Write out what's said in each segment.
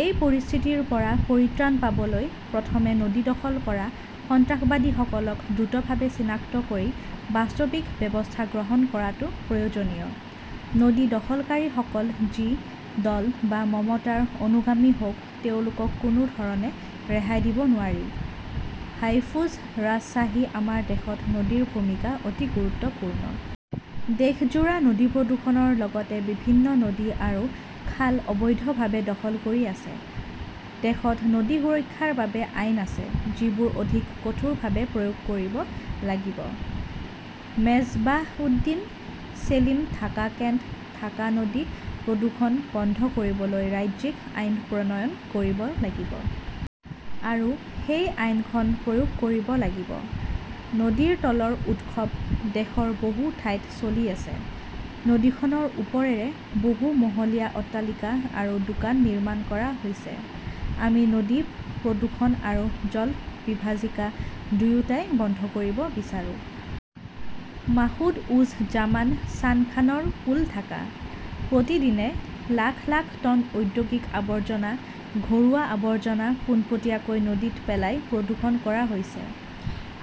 এই পৰিস্থিতিৰ পৰা পৰিত্ৰাণ পাবলৈ প্ৰথমে নদী দখল কৰা সন্ত্ৰাসবাদীসকলক দ্ৰুতভাৱে চিনাক্ত কৰি বাস্তৱিক ব্যৱস্থা গ্ৰহণ কৰাটো প্ৰয়োজনীয়। নদী দখলকাৰীসকল যি দল বা মতামতৰ অনুগামী হওক, তেওঁলোকক কোনো ধৰণে ৰেহাই দিব নোৱাৰি। হাইফজু ৰাজশ্বাহী আমাৰ দেশত নদীৰ ভূমিকা অতি গুৰুত্বপূৰ্ণ। দেশজোৰা নদী প্ৰদূষণৰ লগতে বিভিন্ন নদী আৰু খাল অবৈধভাৱে দখল কৰা হৈছে। দেশত নদী সুৰক্ষাৰ বাবে আইন আছে, যিবোৰ অধিক কঠোৰভাৱে প্ৰয়োগ কৰিব লাগিব। মেজবাহউদ্দিন ছেলিম ঢাকা কেণ্ট ঢাকা নদী প্ৰদূষণ বন্ধ কৰিবলৈ ৰাজ্যিক আইন প্ৰণয়ন কৰিব লাগিব। আৰু সেই আইনখন প্ৰয়োগ কৰিব লাগিব। নদীৰ তলৰ উৎসৱ দেশৰ বহু ঠাইত চলি আছে। নদীখনৰ ওপৰেৰে বহু মহলীয়া অট্টালিকা আৰু দোকান নিৰ্মাণ কৰা হৈছে। আমি নদী প্ৰদূষণ আৰু জলবিভাজিকা দুয়োটাই বন্ধ কৰিব বিচাৰো। মাসুদ উজ জামান চানখানৰ পুল ঢাকা। প্ৰতিদিনে লাখ লাখ টন ঔদ্যোগিক আৱৰ্জনা, ঘৰুৱা আৱৰ্জনা পোনপটীয়াকৈ নদীত পেলাই প্ৰদূষণ কৰা হৈছে।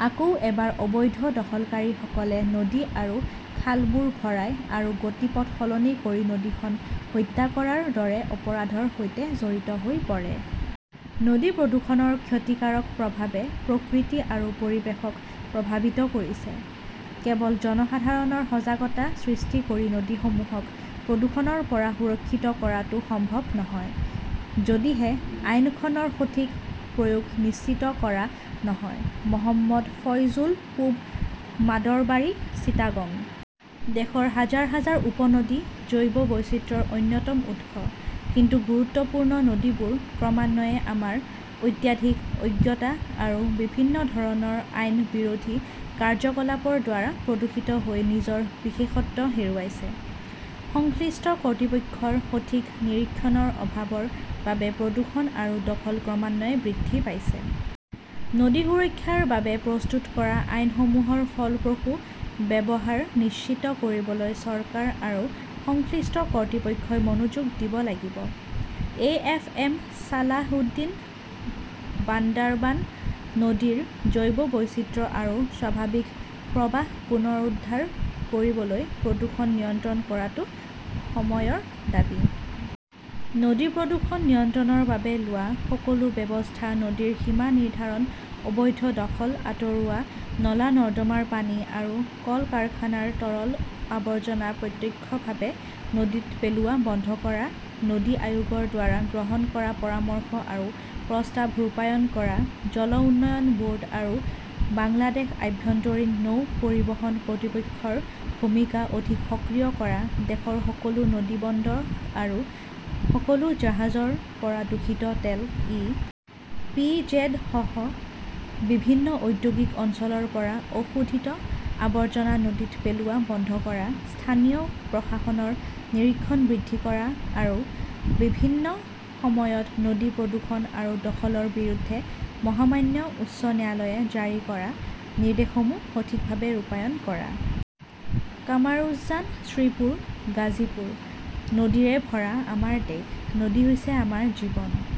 আকৌ এবাৰ অবৈধ দখলকাৰীসকলে নদী আৰু খালবোৰ ভৰাই আৰু গতিপথ সলনি কৰি নদীখন হত্যা কৰাৰ দৰে অপৰাধৰ সৈতে জড়িত হৈ পৰে। নদী প্ৰদূষণৰ ক্ষতিকাৰক প্ৰভাৱে প্ৰকৃতি আৰু পৰিৱেশক প্ৰভাৱিত কৰিছে। কেৱল জনসাধাৰণৰ সজাগতা সৃষ্টি কৰি নদীসমূহক প্ৰদূষণৰ পৰা সুৰক্ষিত কৰাটো সম্ভৱ নহয় যদিহে আইনখনৰ সঠিক প্ৰয়োগ নিশ্চিত কৰা নহয়। মহম্মদ ফয়জল পূব মাদৰবাৰী, চিটাগং। দেশৰ হাজাৰ হাজাৰ উপনদী জৈৱ বৈচিত্ৰ্যৰ অন্যতম উৎস, কিন্তু গুৰুত্বপূৰ্ণ নদীবোৰ ক্ৰমান্বয়ে আমাৰ অত্যাধিক অজ্ঞতা আৰু বিভিন্ন ধৰণৰ আইন বিৰোধী কাৰ্যকলাপৰ দ্বাৰা প্ৰদূষিত হৈ নিজৰ বিশেষত্ব হেৰুৱাইছে। সংশ্লিষ্ট কৰ্তৃপক্ষৰ সঠিক নিৰীক্ষণৰ অভাৱৰ বাবে প্ৰদূষণ আৰু দখল ক্ৰমান্বয়ে বৃদ্ধি পাইছে। নদী সুৰক্ষাৰ বাবে প্ৰস্তুত কৰা আইনসমূহৰ ফলপ্ৰসূ ব্যৱহাৰ নিশ্চিত কৰিবলৈ চৰকাৰ আৰু সংশ্লিষ্ট কৰ্তৃপক্ষই মনোযোগ দিব লাগিব। A. F. M. Salahuddin Bandarban নদীৰ জৈৱ বৈচিত্ৰ্য আৰু স্বাভাৱিক প্ৰৱাহ পুনৰুদ্ধাৰ কৰিবলৈ প্ৰদূষণ নিয়ন্ত্ৰণ কৰাটো সময়ৰ দাবী। নদী প্ৰদূষণ নিয়ন্ত্ৰণৰ বাবে লোৱা সকলো ব্যৱস্থা-নদীৰ সীমা নিৰ্ধাৰণ, অবৈধ দখল আঁতৰোৱা, নলা-নৰ্দমাৰ পানী আৰু কলকাৰকানাৰ তৰল আৱৰ্জনা প্ৰত্যক্ষভাৱে নদীত পেলোৱা বন্ধ কৰা, নদী আয়োগৰ দ্বাৰা গ্ৰহণ কৰা পৰামৰ্শ আৰু প্ৰস্তাৱ ৰূপায়ণ কৰা, জল উন্নয়ন ব'ৰ্ড আৰু বাংলাদেশ আভ্যন্তৰীণ নৌ পৰিবহণ কৰ্তৃপক্ষৰ ভূমিকা অধিক সক্ৰিয় কৰা, দেশৰ সকলো নদী বন্দৰ আৰু সকলো জাহাজৰ পৰা দূষিত তেল, ই. পি. জেড. সহ বিভিন্ন ঔদ্যোগিক অঞ্চলৰ পৰা অশোধিত আৱৰ্জনা নদীত পেলোৱা বন্ধ কৰা, স্থানীয় প্ৰশাসনৰ নিৰীক্ষণ বৃদ্ধি কৰা আৰু বিভিন্ন সময়ত নদী প্ৰদূষণ আৰু দখলৰ বিৰুদ্ধে মহামান্য উচ্চ ন্যায়ালয়ে জাৰি কৰা নিৰ্দেশসমূহ সঠিকভাৱে ৰূপায়ণ কৰা। কামৰুজান শ্ৰীপুৰ, গাজীপুৰ। নদীৰে ভৰা আমাৰ দেশ। নদী হৈছে আমাৰ জীৱন।